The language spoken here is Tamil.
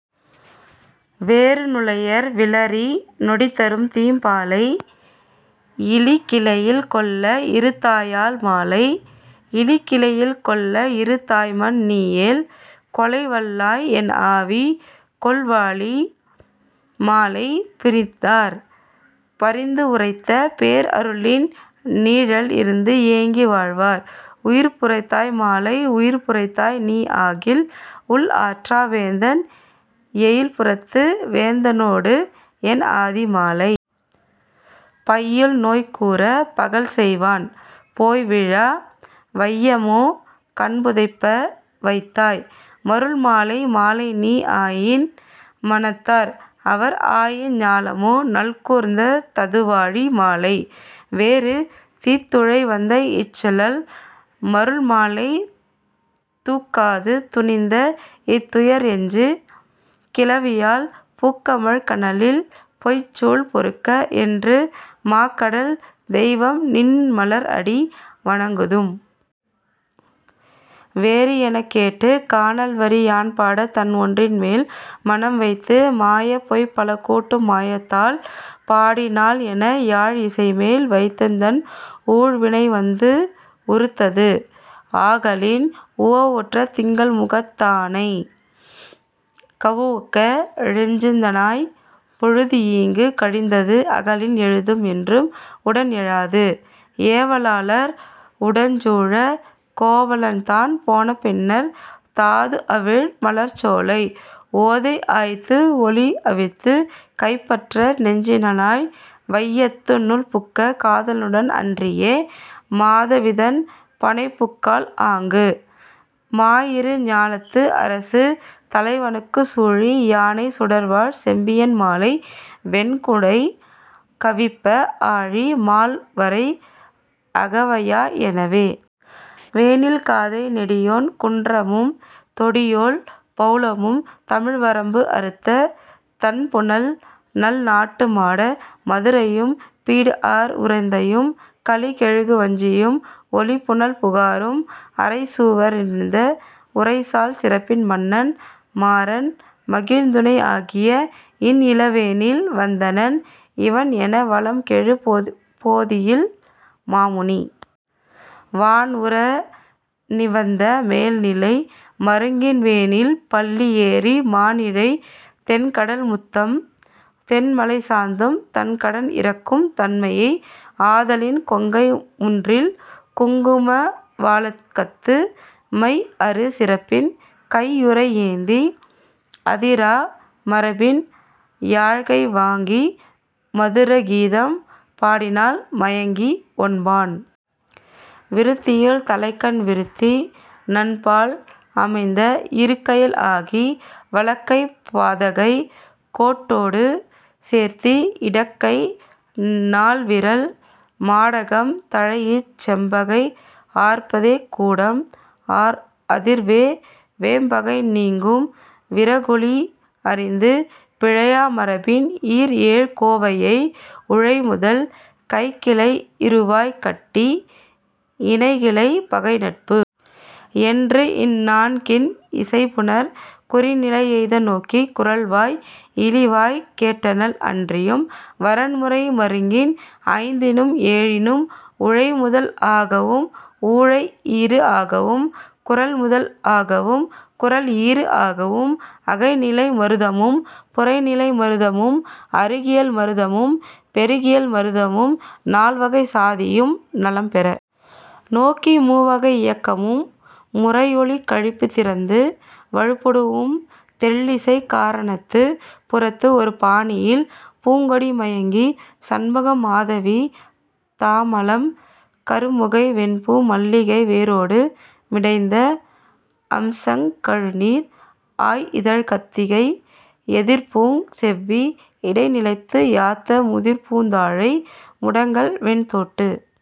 வேறு நுளையர் விளரி நொடிதரும்தீம் பாலை இளிகிளையில் கொள்ள இறுத்தாயால் மாலை இளிகிளையில் கொள்ள இறுத்தாய்மன் நீயேல் கொளைவல்லாய் என்ஆவி கொள்வாழி மாலை. பிரிந்தார் பரிந்துஉரைத்த பேர்அருளின் நீழல் இருந்துஏங்கி வாழ்வார் உயிர்ப்புறத்தாய் மாலை உயிர்ப்புறத்தாய் நீஆகில் உள்ஆற்றா வேந்தன் எயில்புறத்து வேந்தனோடு என்ஆதி மாலை. பையுள்நோய் கூரப் பகல்செய்வான் போய்வீழ வையமோ கண்புதைப்ப வந்தாய் மருள்மாலை மாலைநீ ஆயின் மணந்தார் அவர்ஆயின் ஞாலமோ நல்கூர்ந் ததுவாழி மாலை. வேறு தீத்துழை வந்தஇச் செல்லல் மருள்மாலை தூக்காது துணிந்தஇத் துயர்எஞ்சு கிளவியால் பூக்கமழ் கனலில் பொய்ச்சூள் பொறுக்க என்று மாக்கடல் தெய்வம்நின் மலர்அடி வணங்குதும். வேறு எனக்கேட்டு, கானல்வரி யான்பாடத் தன்ஒன்றின்மேல் மனம்வைத்து மாயப்பொய் பலகூட்டும் மாயத்தாள் பாடினாள்என யாழ்இசைமேல் வைத்துத்தன் ஊழ்வினைவந்து உருத்ததுஆகலின் உவுவஉற்ற திங்கள்முகத்தாளைக் கவவுக்கை ஞெகிழ்ந்தனனாய்ப் பொழுதுஈங்குக் கழிந்ததுஆகலின் எழுதும்என்று உடன்எழாது ஏவலாளர் உடஞ்சூழக் கோவலன்தான் போனபின்னர், தாதுஅவிழ் மலர்ச்சோலை ஓதைஆயத்து ஒலிஅவித்துக் கையற்ற நெஞ்சினளாய் வையத்தி னுள்புக்குக் காதலனுடன் அன்றியே மாதவிதன் மனைபுக்காள் ஆங்கு, மாயிரு ஞாலத்து அரசு தலைவணக்கும் சூழி யானைச் சுடர்வாள் செம்பியன் மாலை வெண்குடை கவிப்ப ஆழி மால்வரை அகவையா எனவே.. வேனில் காதை நெடியோன் குன்றமும் தொடியோள் பெளவமும் தமிழ்வரம்பு அறுத்த தண்புனல் நல்நாட்டு மாட மதுரையும் பீடுஆர் உறந்தையும் கலிகெழு வஞ்சியும் ஒலிபுனல் புகாரும் அரைசுவீற் றிருந்த உரைசால் சிறப்பின் மன்னன் மாரன் மகிழ்துணை ஆகிய இன்இள வேனில் வந்தனன் இவண்என வளம்கெழு போதியில் மாமுனி வான்உற நிவந்த மேல்நிலை மருங்கின் வேனில் பள்ளி ஏறி மாண்இழை தென்கடல் முத்தம் தென்மலைச் சாந்தும் தன்கடன் இறுக்கும் தன்மைய ஆதலின் கொங்கை முன்றில் குங்கும வளாகத்து மைஅறு சிறப்பின் கையுறை ஏந்தி அதிரா மரபின் யாழ்கை வாங்கி மதுர கீதம் பாடினள் மயங்கி, ஒன்பான் விருத்தியுள் தலைக்கண் விருத்தி நன்பால் அமைந்த இருக்கையள் ஆகி, வலக்கைப் பாதகை கோட்டொடு சேர்த்தி இடக்கை நால்விரல் மாடகம் தழீஇச் செம்பகை ஆர்ப்பதே கூடம் அதிர்வே வெம்பகை நீக்கும் விரகுளி அறிந்து, பிழையா மரபின் ஈர்ஏழ் கோவையை உழைமுதல் கைக்கிளை இறுவாய் கட்டி, இணைகிளை பகைநட்பு என்றுஇந் நான்கின் இசைபுணர் குறிநிலை எய்த நோக்கிக் குரல்வாய் இளிவாய்க் கேட்டனள் அன்றியும் வரன்முறை மருங்கின் ஐந்தினும் ஏழினும் உழைமுதல் ஆகவும் உழைஈறு ஆகவும் குரல்முதல் ஆகவும் குரல்ஈறு ஆகவும் அகநிலை மருதமும் புறநிலை மருதமும் அருகியல் மருதமும் பெருகியல் மருதமும் நால்வகைச் சாதியும் நலம்பெற நோக்கி, மூவகை இயக்கமும் முறையுளிக் கழிப்பித் திறந்து வழிப்படூஉம் தெள்ளிசைக் கரணத்துப் புறத்துஒரு பாணியில் பூங்கொடி மயங்கி, சண்பகம் மாதவி தமாலம் கருமுகை வெண்பூ மல்லிகை வேரொடு மிடைந்த அம்செங் கழுநீர் ஆய்இதழ்க் கத்திகை எதிர்ப்பூஞ் செவ்வி இடைநிலத்து யாத்த முதிர்பூந் தாழை முடங்கல்வெண் தோட்டு